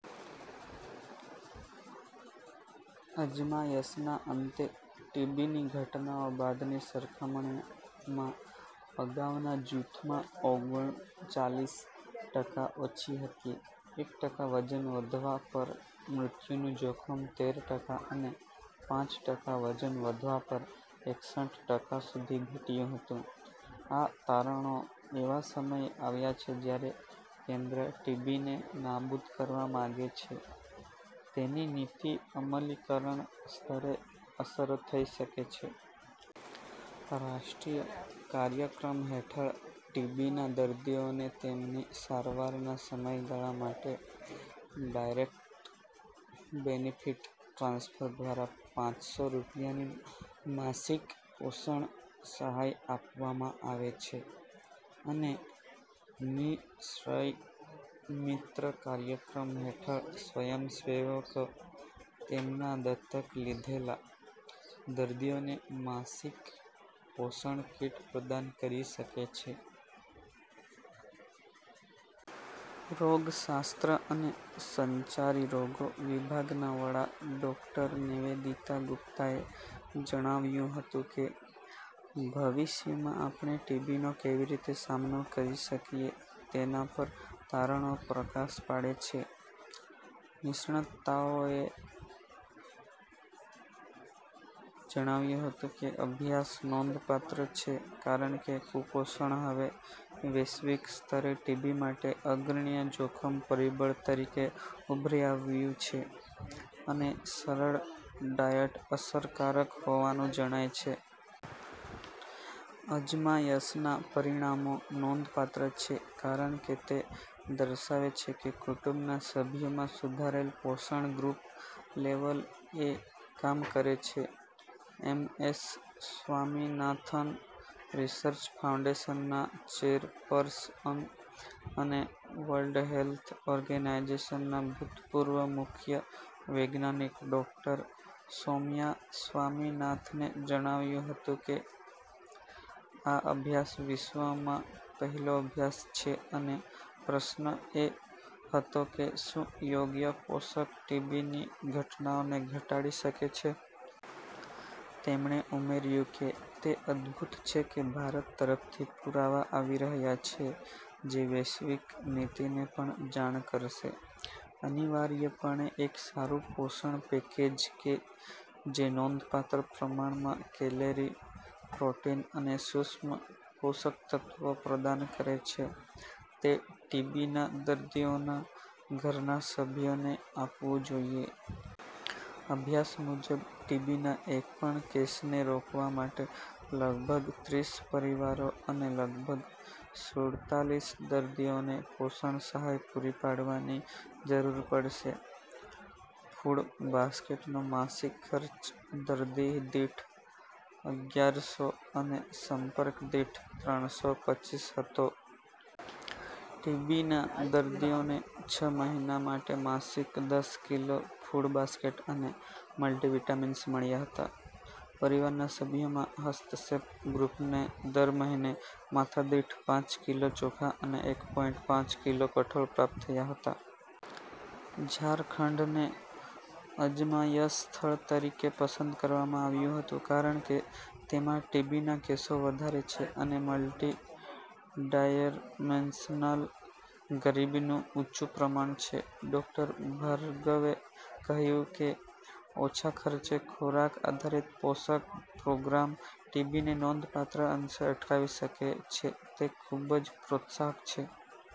અજમાયશના અંતે, ટીબીની ઘટનાઓ બાદની સરખામણીમાં અગાઉના જૂથમાં ઓગણચાલીસ ટકા ઓછી હતી. એક ટકા વજન વધવા પર મૃત્યુનું જોખમ તેર ટકા અને પાંચ ટકા વજન વધવા પર એકસઠ ટકા સુધી ઘટ્યું હતું. આ તારણો, એવા સમયે આવ્યા છે જ્યારે કેન્દ્ર ટીબીને નાબૂદ કરવા માંગે છે, તેની નીતિ અમલીકરણ સ્તરે અસરો થઈ શકે છે. રાષ્ટ્રીય કાર્યક્રમ હેઠળ, ટીબીના દર્દીઓને તેમની સારવારના સમયગાળા માટે ડાયરેક્ટ બેનિફિટ ટ્રાન્સફર દ્વારા પાંચસો રૂપિયાની માસિક પોષણ સહાય આપવામાં આવે છે અને નિ-ક્ષય મિત્ર કાર્યક્રમ હેઠળ, સ્વયંસેવકો તેમના "દત્તક લીધેલા" દર્દીઓને માસિક પોષણ કીટ પ્રદાન કરી શકે છે. રોગશાસ્ત્ર અને સંચારી રોગો વિભાગના વડા, ડોક્ટર નિવેદિતા ગુપ્તાએ જણાવ્યું હતું કે, "ભવિષ્યમાં આપણે ટીબીનો કેવી રીતે સામનો કરી શકીએ તેના પર તારણો પ્રકાશ પાડે છે. નિષ્ણાતોએ જણાવ્યું હતું કે અભ્યાસ નોંધપાત્ર છે કારણ કે કુપોષણ હવે વૈશ્વિક સ્તરે ટીબી માટે અગ્રણી જોખમ પરિબળ તરીકે ઉભરી આવ્યું છે અને સરળ ડાયટ અસરકારક હોવાનું જણાયું છે. "અજમાયશના પરિણામો નોંધપાત્ર છે કારણ કે તે દર્શાવે છે કે કુટુંબના સભ્યોમાં સુધારેલ પોષણ ગ્રુપ લેવલ એ કામ કરે છે." એમએસ સ્વામીનાથન રિસર્ચ ફાઉન્ડેશનના ચેરપર્સન અને વર્લ્ડ હેલ્થ ઓર્ગેનાઈઝેશનના ભૂતપૂર્વ મુખ્ય વૈજ્ઞાનિક ડોક્ટર સૌમ્યા સ્વામીનાથને જણાવ્યું હતું કે, " આ અભ્યાસ વિશ્વમાં પહેલો અભ્યાસ છે અને પ્રશ્ન એ હતો કે શું યોગ્ય પોષક ટીબીની ઘટનાઓને ઘટાડી શકે છે. " તેમણે ઉમેર્યું કે, "તે અદ્ભુત છે કે ભારત તરફથી પુરાવા આવી રહ્યા છે જે વૈશ્વિક નીતિને પણ જાણ કરશે. અનિવાર્યપણે, એક સારું પોષણ પેકેજ કે જે નોંધપાત્ર પ્રમાણમાં કેલરી, પ્રોટીન અને સૂક્ષ્મ પોષકતત્ત્વો પ્રદાન કરે છે તે ટીબીના દર્દીઓના ઘરના સભ્યોને આપવું જોઈએ. અભ્યાસ મુજબ, ટીબીના એક પણ કેસને રોકવા માટે, લગભગ ત્રીસ પરિવારો અને લગભગ સુડતાલીસ દર્દીઓને પોષણ સહાય પૂરી પાડવાની જરૂર પડશે. ફૂડ બાસ્કેટનો માસિક ખર્ચ દર્દી દીઠ અગયારસો અને સંપર્ક દીઠ ત્રણસો પચીસ હતો. ટીબીના દર્દીઓને છ મહિના માટે માસિક દસ કિલો ફૂડ બાસ્કેટ અને મલ્ટીવિટામિન્સ મળ્યા હતા. પરિવારના સભ્યોમાં, હસ્તક્ષેપ ગ્રુપને દર મહિને માથાદીઠ પાંચ કિલો ચોખા અને એક પોઈંટ પાંચ કિલો કઠોળ પ્રાપ્ત થયા હતા. ઝારખંડને અજમાયશ સ્થળ તરીકે પસંદ કરવામાં આવ્યું હતું કારણ કે તેમાં ટીબીના કેસો વધારે છે અને મલ્ટી ડાયમેંશનલ ગરીબીનું ઊંચું પ્રમાણ છે. ડોક્ટર ભાર્ગવે કહ્યું કે, "ઓછા ખર્ચે ખોરાક-આધારિત પોષક પ્રોગ્રામ ટીબીને નોંધપાત્ર અંશે અટકાવી શકે છે તે ખૂબ જ પ્રોત્સાહક છે.